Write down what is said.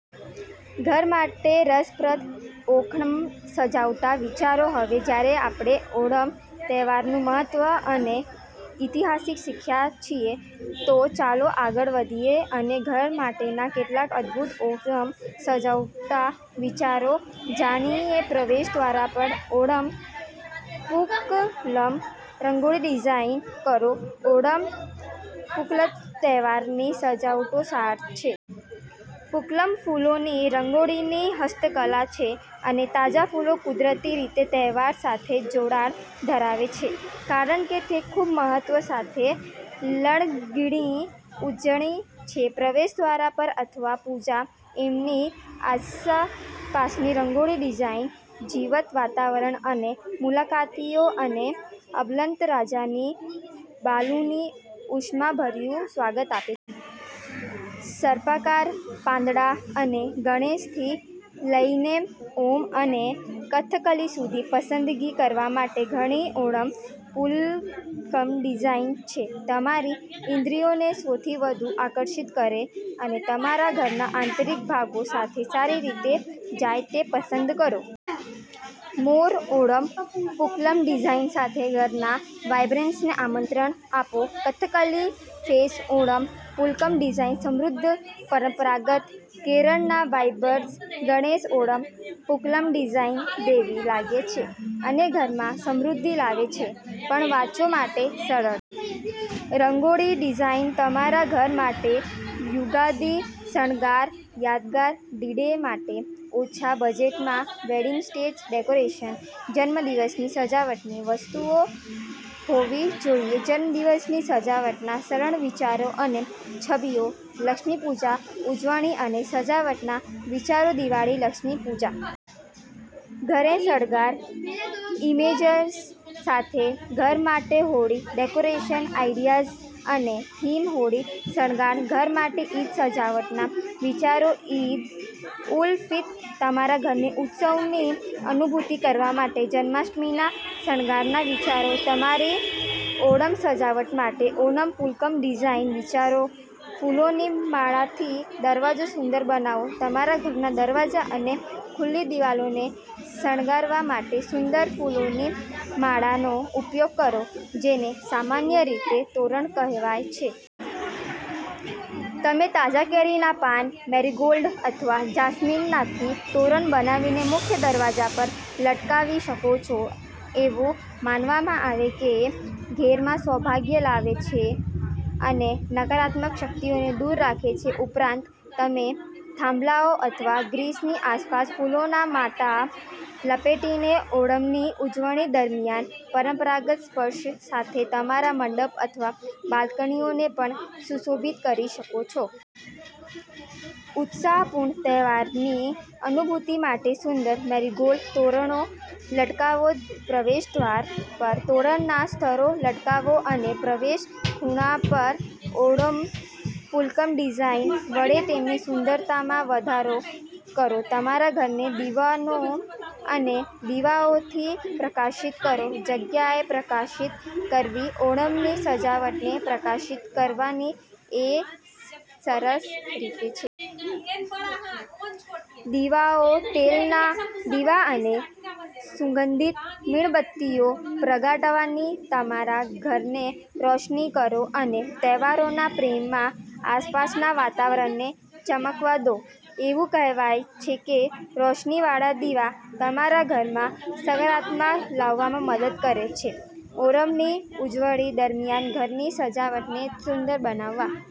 ઘર માટે રસપ્રદ ઓણમ સજાવટના વિચારો હવે જ્યારે આપણે ઓણમ તહેવારનું મહત્વ અને ઈતિહાસ શીખ્યા છીએ, તો ચાલો આગળ વધીએ અને ઘર માટેના કેટલાક અદ્ભુત ઓણમ સજાવટના વિચારો જાણીએપ્રવેશદ્વાર પર ઓણમ પૂકલમ રંગોળી ડિઝાઇન કરો ઓણમ પૂકલમતહેવારની સજાવટનો સાર છે. પુકલમફૂલોની રંગોળીની હસ્તકલા છેઅને તાજા ફૂલો કુદરતી રીતે તહેવાર સાથે જોડાણ ધરાવે છે કારણ કે તે ખૂબ મહત્વ સાથે લણણીની ઉજવણી છે. પ્રવેશદ્વાર પર અથવા પૂજા એકમની આસપાસરંગોળી ડિઝાઇન જીવંત વાતાવરણ અને મુલાકાતીઓ અને અલબત્ત, રાજા બાલીનું ઉષ્માભર્યું સ્વાગત આપે છે. સર્પાકાર, પાંદડા અને ગણેશથી લઈનેઓમ અને કથકલી સુધી, પસંદગી કરવા માટે ઘણી ઓણમ પૂલકમ ડિઝાઇન છે. તમારી ઇન્દ્રિયોને સૌથી વધુ આકર્ષિત કરે અને તમારા ઘરના આંતરિક ભાગો સાથે સારી રીતે જાય તે પસંદ કરો. મોર ઓણમ પૂકલમ ડિઝાઇન સાથે ઘરના વાઇબ્રન્સને આમંત્રણ આપો કથકલી ફેસ ઓણમ પૂકલમ ડિઝાઇન સમૃદ્ધ, પરંપરાગત કેરળના વાઇબ્સ ગણેશ ઓણમ પૂકલમ ડિઝાઇન દૈવી લાગે છે અને ઘરમાં સમૃદ્ધિ લાવે છે પણ વાંચોમાટે સરળ રંગોળી ડિઝાઇન તમારા ઘર માટે યુગાદી શણગાર, યાદગાર ડી ડે માટે ઓછા બજેટમાં વેડિંગ સ્ટેજ ડેકોરેશન, જન્મદિવસની સજાવટની વસ્તુઓ હોવીજોઈએજન્મદિવસની સજાવટના સરળ વિચારો અને છબીઓ, લક્ષ્મી પૂજા ઉજવણી અને સજાવટના વિચારોદિવાળી લક્ષ્મી પૂજા ઘરે શણગાર, ઈમેજીસ સાથે ઘર માટે હોળી ડેકોરેશન આઈડિયાઝઅને થીમ હોળી શણગાર, ઘર માટે ઈદ સજાવટના વિચારોઈદ ઉલ ફિત્ર, તમારા ઘરને ઉત્સવની અનુભૂતિ કરાવવા માટે જન્માષ્ટમીના શણગારના વિચારો, તમારી ઓણમ સજાવટ માટે ઓનમ પૂકલમ ડિઝાઇન વિચારો, ફૂલોના માળાથી દરવાજાને સુંદર બનાવો તમારા ઘરના દરવાજા અને ખુલ્લી દિવાલોને શણગારવા માટે સુંદર ફૂલોની માળાનો ઉપયોગ કરો, જેને સામાન્ય રીતે તોરણ કહેવાય છે. તમે તાજા કેરીના પાન, મેરીગોલ્ડ અથવા જાસ્મીનમાંથી તોરણ બનાવીને મુખ્ય દરવાજા પર લટકાવી શકો છો. એવું માનવામાં આવે છે કેઘરમાં સૌભાગ્ય લાવે છે અને નકારાત્મક શક્તિઓને દૂર રાખે છે. ઉપરાંત, તમે થાંભલાઓ અથવા ગ્રિલ્સની આસપાસ ફૂલોના માળા લપેટીને ઓણમની ઉજવણી દરમિયાન પરંપરાગત સ્પર્શ સાથે તમારા મંડપ અથવા બાલ્કનીઓને પણ સુશોભિત કરી શકો છો. ઉત્સાહપૂર્ણ તહેવારની અનુભૂતિ માટે સુંદર મેરીગોલ્ડ તોરણો લટકાવો પ્રવેશ દ્વાર પર તોરણના સ્તરો લટકાવો અને પ્રવેશ ખૂણા પર ઓણમ પૂકલમ ડિઝાઇન વડે તેમની સુંદરતામાં વધારો કરો તમારા ઘરને દીવાઓ અને દીવાઓથી પ્રકાશિત કરો જગ્યાને પ્રકાશિત કરવીઓણમની સજાવટને પ્રકાશિત કરવાની એક સરસ રીત છે. દીવાઓ, તેલના દીવા અને સુગંધિત મીણબત્તીઓ પ્રગટાવીને તમારા ઘરને રોશની કરો અને તહેવારોના પ્રેમમાં આસપાસના વાતાવરણને ચમકવા દો. એવું કહેવાય છે કે રોશનીવાળા દીવા તમારા ઘરમાં સકારાત્મકતા લાવવામાં મદદ કરે છે. ઓણમની ઉજવણી દરમિયાન ઘરની સજાવટને સુંદર બનાવવા